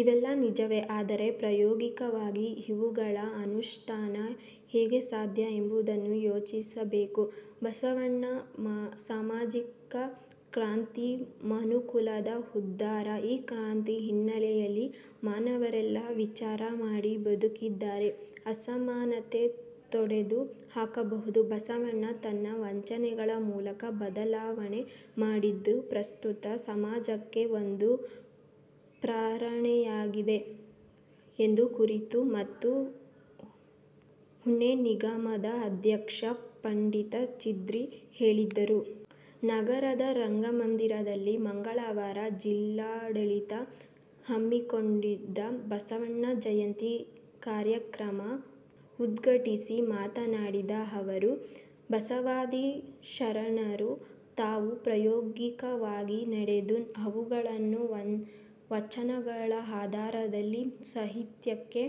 ಇವೆಲ್ಲ ನಿಜವೇ. ಆದರೆ, ಪ್ರಾಯೋಗಿಕವಾಗಿ ಇವುಗಳ ಅನುಷ್ಠಾನ ಹೇಗೆ ಸಾಧ್ಯ ಎಂಬುದನ್ನೂ ಯೋಚಿಸಬೇಕು. ಬಸವಣ್ಣನ ಸಾಮಾಜಿಕ ಕ್ರಾಂತಿ ಮನುಕುಲದ ಉದ್ಧಾರ. ಈ ಕ್ರಾಂತಿ ಹಿನ್ನೆಲೆಯಲ್ಲಿ ಮಾನವರೆಲ್ಲ ವಿಚಾರ ಮಾಡಿ ಬದುಕಿದರೆ ಅಸಮಾನತೆ ತೊಡೆದು ಹಾಕಬಹುದು. ಬಸವಣ್ಣ ತನ್ನ ವಚನಗಳ ಮೂಲಕ ಬದಲಾವಣೆ ಮಾಡಿದ್ದು, ಪ್ರಸ್ತುತ ಸಮಾಜಕ್ಕೆ ಒಂದು ಪ್ರರಣೆಯಾಗಿದೆ ಎಂದು ಕುರಿ ಮತ್ತು ಉಣ್ಣೆ ನಿಗಮದ ಅಧ್ಯಕ್ಷ ಪಂಡಿತ ಚಿದ್ರಿ ಹೇಳಿದರು. ನಗರದ ರಂಗಮಂದಿರದಲ್ಲಿ ಮಂಗಳವಾರ ಜಿಲ್ಲಾಡಳಿತ ಹಮ್ಮಿಕೊಂಡಿದ್ದ ಬಸವ ಜಯಂತಿ ಕಾರ್ಯಕ್ರಮ ಉದ್ಘಾಟಿಸಿ ಮಾತನಾಡಿದ ಅವರು, ಬಸವಾದಿ ಶರಣರು ತಾವು ಪ್ರಾಯೋಗಿಕವಾಗಿ ನಡೆದು ಅವುಗಳನ್ನು ವಚನಗಳ ಆಧಾರದಲ್ಲಿ ಸಾಹಿತ್ಯಕ್ಕೆ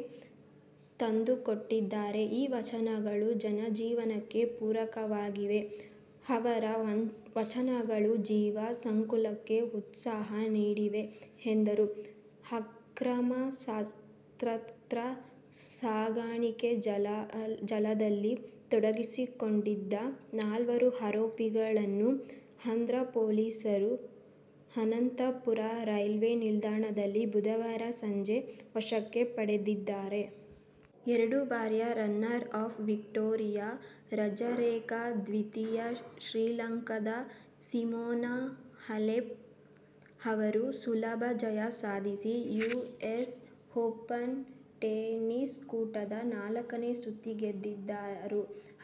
ತಂದುಕೊಟ್ಟಿದ್ದಾರೆ. ಈ ವಚನಗಳು ಜನಜೀವನಕ್ಕೆ ಪೂರಕವಾಗಿವೆ. ಅವರ ವಚನಗಳು ಜೀವ ಸಂಕುಲಕ್ಕೆ ಉತ್ಸಾಹ ನೀಡಿವೆ ಎಂದರು. ಅಕ್ರಮ ಶಸ್ತ್ರಾಸ್ತ್ರ ಸಾಗಾಣಿಕೆ ಜಾಲದಲ್ಲಿ ತೊಡಗಿಸಿಕೊಂಡಿದ್ದ ನಾಲ್ವರು ಆರೋಪಿಗಳನ್ನು ಅಂಧ್ರ ಪೊಲೀಸರು ಅನಂತ ಪುರ ರೈಲ್ವೇ ನಿಲ್ದಾಣದಲ್ಲಿ ಬುಧವಾರ ಸಂಜೆ ವಶಕ್ಕೆ ಪಡೆದಿದ್ದಾರೆ. ಎರಡು ಬಾರಿಯ ರನ್ನರ್ ಅಪ್ ವಿಕ್ಟೋರಿಯಾ ಅಜರೆಂಕಾ, ದ್ವಿತೀಯ ಶ್ರೇಯಾಂಕದ ಸಿಮೋನಾ ಹಾಲೆಪ್ ಅವರು ಸುಲಭ ಜಯ ಸಾಧಿಸಿ ಯು ಎಸ್ ಓಪನ್ ಟೆನಿಸ್ ಕೂಟದ ನಾಲ್ಕನೇ ಸುತ್ತಿಗೇರಿದರು.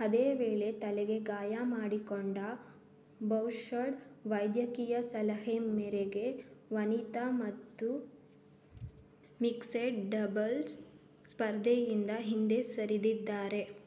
ಇದೇ ವೇಳೆ ತಲೆಗೆ ಗಾಯ ಮಾಡಿಕೊಂಡ ಬೌಶರ್ಡ್ ವೈದ್ಯಕೀಯ ಸಲಹೆ ಮೇರೆಗೆ ವನಿತಾ ಮತ್ತು ಮಿಕ್ಸೆಡ್ ಡಬಲ್ಸ್ ಸ್ಫರ್ಧೆಯಿಂದ ಹಿಂದೆ ಸರಿದಿದ್ದಾರೆ.